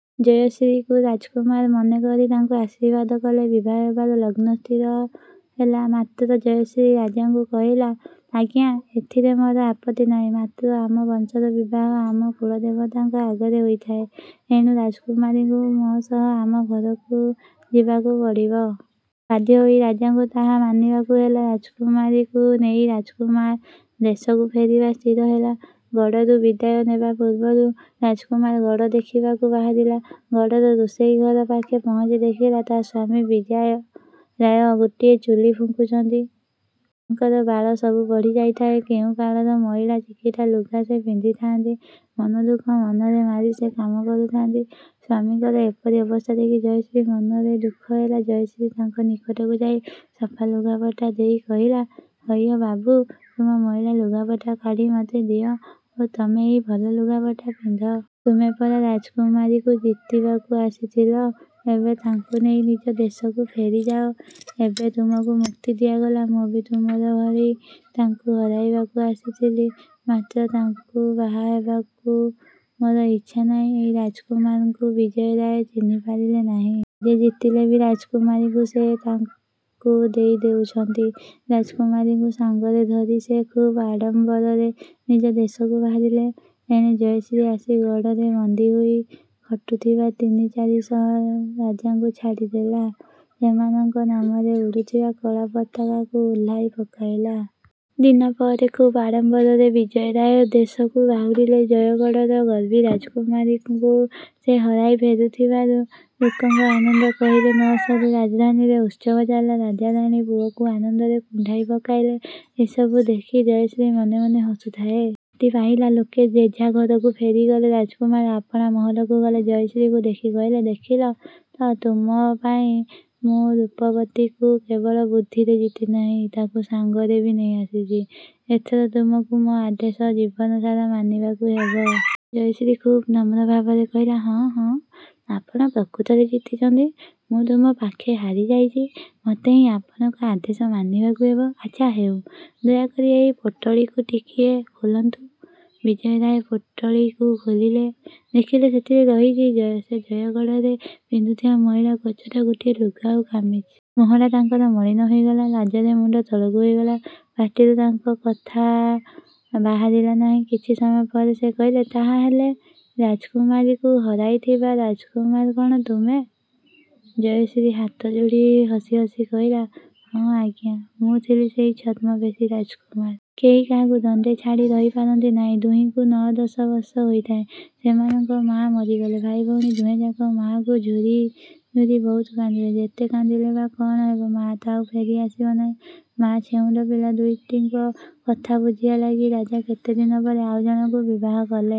ଜୟଶ୍ରୀକୁ ରାଜକୁମାର ମନେ କରି ତାଙ୍କୁ ଆଶୀର୍ବାଦ କଲେ। ବିବାହ ହେବାର ଲଗ୍ନ ସ୍ଥିର ହେଲା। ମାତ୍ର ଜୟଶ୍ରୀ ରାଜାଙ୍କୁ କହିଲା ଆଜ୍ଞା ଏଥିରେ ମୋର ଆପତ୍ତି ନାହିଁ। ମାତ୍ର ଆମ ବଂଶର ବିବାହ ଆମ କୁଳଦେବତାଙ୍କ ଆଗରେ ହୋଇଥାଏ। ଏଣୁ ରାଜକୁମାରୀଙ୍କୁ ମୋ ସହ ଆମ ଘରକୁ ଯିବାକୁ ପଡ଼ିବ। ବାଧ୍ୟ ହୋଇ ରାଜାଙ୍କୁ ତାହା ମାନିବାକୁ ହେଲା। ରାଜକୁମାରୀକୁ ନେଇ ରାଜକୁମାର ଦେଶକୁ ଫେରିବା ସ୍ଥିର ହେଲା। ଗଡ଼ରୁ ବିଦାୟ ନେବା ପୂର୍ବରୁ ରାଜକୁମାର ଗଡ଼ ଦେଖିବାକୁ ବାହାରିଲା। ଗଡ଼ର ରୋଷେଇ ଘର ପାଖେ ପହଞ୍ଚି ଦେଖିଲା ତା ସ୍ୱାମୀ ବିଜୟ ରାୟ ଗୋଟିଏ ଚୁଲି ଫୁଙ୍କୁଛନ୍ତି। ତାଙ୍କର ବାଳ ସବୁ ବଢ଼ି ଯାଇଥାଏ। କେଉଁ କାଳର ମଇଳା ଚିକିଟା ଲୁଗା ସେ ପିନ୍ଧିଥାନ୍ତି। ମନ ଦୁଃଖ ମନରେ ମାରି ସେ କାମ କରୁଥାନ୍ତି। ସ୍ୱାମୀଙ୍କର ଏପରି ଅବସ୍ଥା ଦେଖି ଜୟଶ୍ରୀ ମନରେ ଦୁଃଖ ହେଲା। ଜୟଶ୍ରୀ ତାଙ୍କ ନିକଟକୁ ଯାଇ ସଫା ଲୁଗାପଟା ଦେଇ କହିଲା ହଇଓ ବାବୁ ତୁମ ମଇଳା ଲୁଗାପଟା କାଢ଼ି ମୋତେ ଦିଅ ଓ ତୁମେ ଏଇ ଭଲ ଲୁଗାପଟା ପିନ୍ଧ। ତୁମେ ପରା ରାଜକୁମାରୀକୁ ଜିତିବାକୁ ଆସିଥିଲ? ଏବେ ତାଙ୍କୁ ନେଇ ନିଜ ଦେଶକୁ ଫେରିଯାଅ। ଏବେ ତୁମକୁ ମୁକ୍ତି ଦିଆଗଲା। ମୁଁ ବି ତୁମର ଭଳି ତାଙ୍କୁ ହରାଇବାକୁ ଆସିଥିଲି ମାତ୍ର ତାଙ୍କୁ ବାହା ହେବାକୁ ମୋର ଇଚ୍ଛା ନାହିଁ। ଏଇ ରାଜକୁମାରଙ୍କୁ ବିଜୟ ରାୟ ଚିହ୍ନି ପାରିଲେ ନାହିଁ। ଯିଏ ଜିତିଲେ ବି ରାଜକୁମାରୀଙ୍କୁ ସେ ତାଙ୍କୁ ଦେଇଦେଉଛନ୍ତି। ରାଜକୁମାରୀଙ୍କୁ ସାଙ୍ଗରେ ଧରି ସେ ଖୁବ୍ ଆଡ଼ମ୍ବରରେ ନିଜ ଦେଶକୁ ବାହାରିଲେ। ଏଣେ ଜୟଶ୍ରୀ ଆସି ଗଡ଼ରେ ବନ୍ଦୀ ହୋଇ ଖଟୁଥିବା ତିନି ଚାରି ଶହ ରାଜାଙ୍କୁ ଛାଡ଼ିଦେଲା। ସେମାନଙ୍କ ନାମରେ ଉଡ଼ୁଥିବା କଳା ପତାକାକୁ ଓହ୍ଳାଇ ପକାଇଲା। ଦିନ ପରେ ଖୁବ୍ ଆଡ଼ମ୍ବରରେ ବିଜୟ ରାୟ ଦେଶକୁ ବାହୁଡ଼ିଲେ। ଜୟଗଡ଼ର ଗର୍ବୀ ରାଜକୁମାରୀଙ୍କୁ ସେ ହରାଇ ଫେରୁଥିବାରୁ ଲୋକଙ୍କ ଆନନ୍ଦ କହିଲେ ନ ସରେ। ରାଜଧାନୀରେ ଉତ୍ସବ ଚାଲିଲା। ରାଜା ରାଣୀ ପୁଅକୁ ଆନନ୍ଦରେ କୁଣ୍ଢାଇ ପକାଇଲେ। ଏସବୁ ଦେଖି ଜୟଶ୍ରୀ ମନେ ମନେ ହସୁଥାଏ। ରାତି ପାହିଲା। ଲୋକେ ଯେଝା ଘରକୁ ଫେରିଗଲେ। ରାଜକୁମାର ଆପଣା ମହଲକୁ ଗଲେ। ଜୟଶ୍ରୀକୁ ଦେଖି କହିଲେ ଦେଖିଲ ତ ତୁମ ପାଇଁ ମୁଁ ରୂପବତୀକୁ କେବଳ ବୁଦ୍ଧିରେ ଜିତିନାହିଁ ତାକୁ ସାଙ୍ଗରେ ବି ନେଇଆସିଛି। ଏଥର ତୁମକୁ ମୋ ଆଦେଶ ଜୀବନ ସାରା ମାନିବାକୁ ହେବ। ଜୟଶ୍ରୀ ଖୁବ୍ ନମ୍ର ଭାବରେ କହିଲା ହଁ ହଁ ଆପଣ ପ୍ରକୃତରେ ଜିତିଛନ୍ତି। ମୁଁ ତୁମ ପାଖେ ହାରିଯାଇଛି। ମୋତେ ହିଁ ଆପଣଙ୍କ ଆଦେଶ ମାନିବାକୁ ହେବ। ଆଚ୍ଛା ହେଉ ଦୟାକରି ଏଇ ପୋଟଳିକୁ ଟିକିଏ ଖୋଲନ୍ତୁ! ବିଜୟ ରାୟ ପୋଟଳିକୁ ଖୋଲିଲେ। ଦେଖିଲେ ସେଥିରେ ରହିଛି ଯେ ସେ ଜୟଗଡ଼ରେ ପିନ୍ଧୁଥିବା ମଇଳା କୋଚଟ ଗୋଟିଏ ଲୁଗା ଓ କାମିଜ। ମୁହଁଟା ତାଙ୍କର ମଳିନ ହୋଇଗଲା। ଲାଜରେ ମୁଣ୍ଡ ତଳକୁ ହୋଇଗଲା। ପାଟିରୁ ତାଙ୍କର କଥା ବାହାରିଲା ନାହିଁ। କିଛି ସମୟ ପରେ ସେ କହିଲେ ତାହା ହେଲେ ରାଜକୁମାରୀକୁ ହରାଇଥିବା ରାଜକୁମାର କ'ଣ ତୁମେ? ଜୟଶ୍ରୀ ହାତ ଯୋଡ଼ି ହସି ହସି କହିଲା ହଁ ଆଜ୍ଞା ମୁଁ ଥିଲି ସେଇ ଛଦ୍ମବେଶୀ ରାଜକୁମାର। କେହି କାହାକୁ ଦଣ୍ଡେ ଛାଡ଼ି ରହିପାରନ୍ତି ନାହିଁ। ଦୁହିଁଙ୍କୁ ନଅ ଦଶ ବର୍ଷ ହୋଇଥାଏ ସେମାନଙ୍କ ମାଆ ମରିଗଲେ। ଭାଇ ଭଉଣୀ ଦୁହେଁଯାକ ମାଆକୁ ଝୁରି ଝୁରି ବହୁତ କାନ୍ଦିଲେ। ଯେତେ କାନ୍ଦିଲେ ବା କ'ଣ ହେବ ମାଆ ତ ଆଉ ଫେରିଆସିବ ନାହିଁ। ମାଆ ଛେଉଣ୍ଡ ପିଲା ଦୁଇଟିଙ୍କ କଥା ବୁଝିବା ଲାଗି ରାଜା କେତେ ଦିନ ପରେ ଆଉ ଜଣଙ୍କୁ ବିବାହ କଲେ।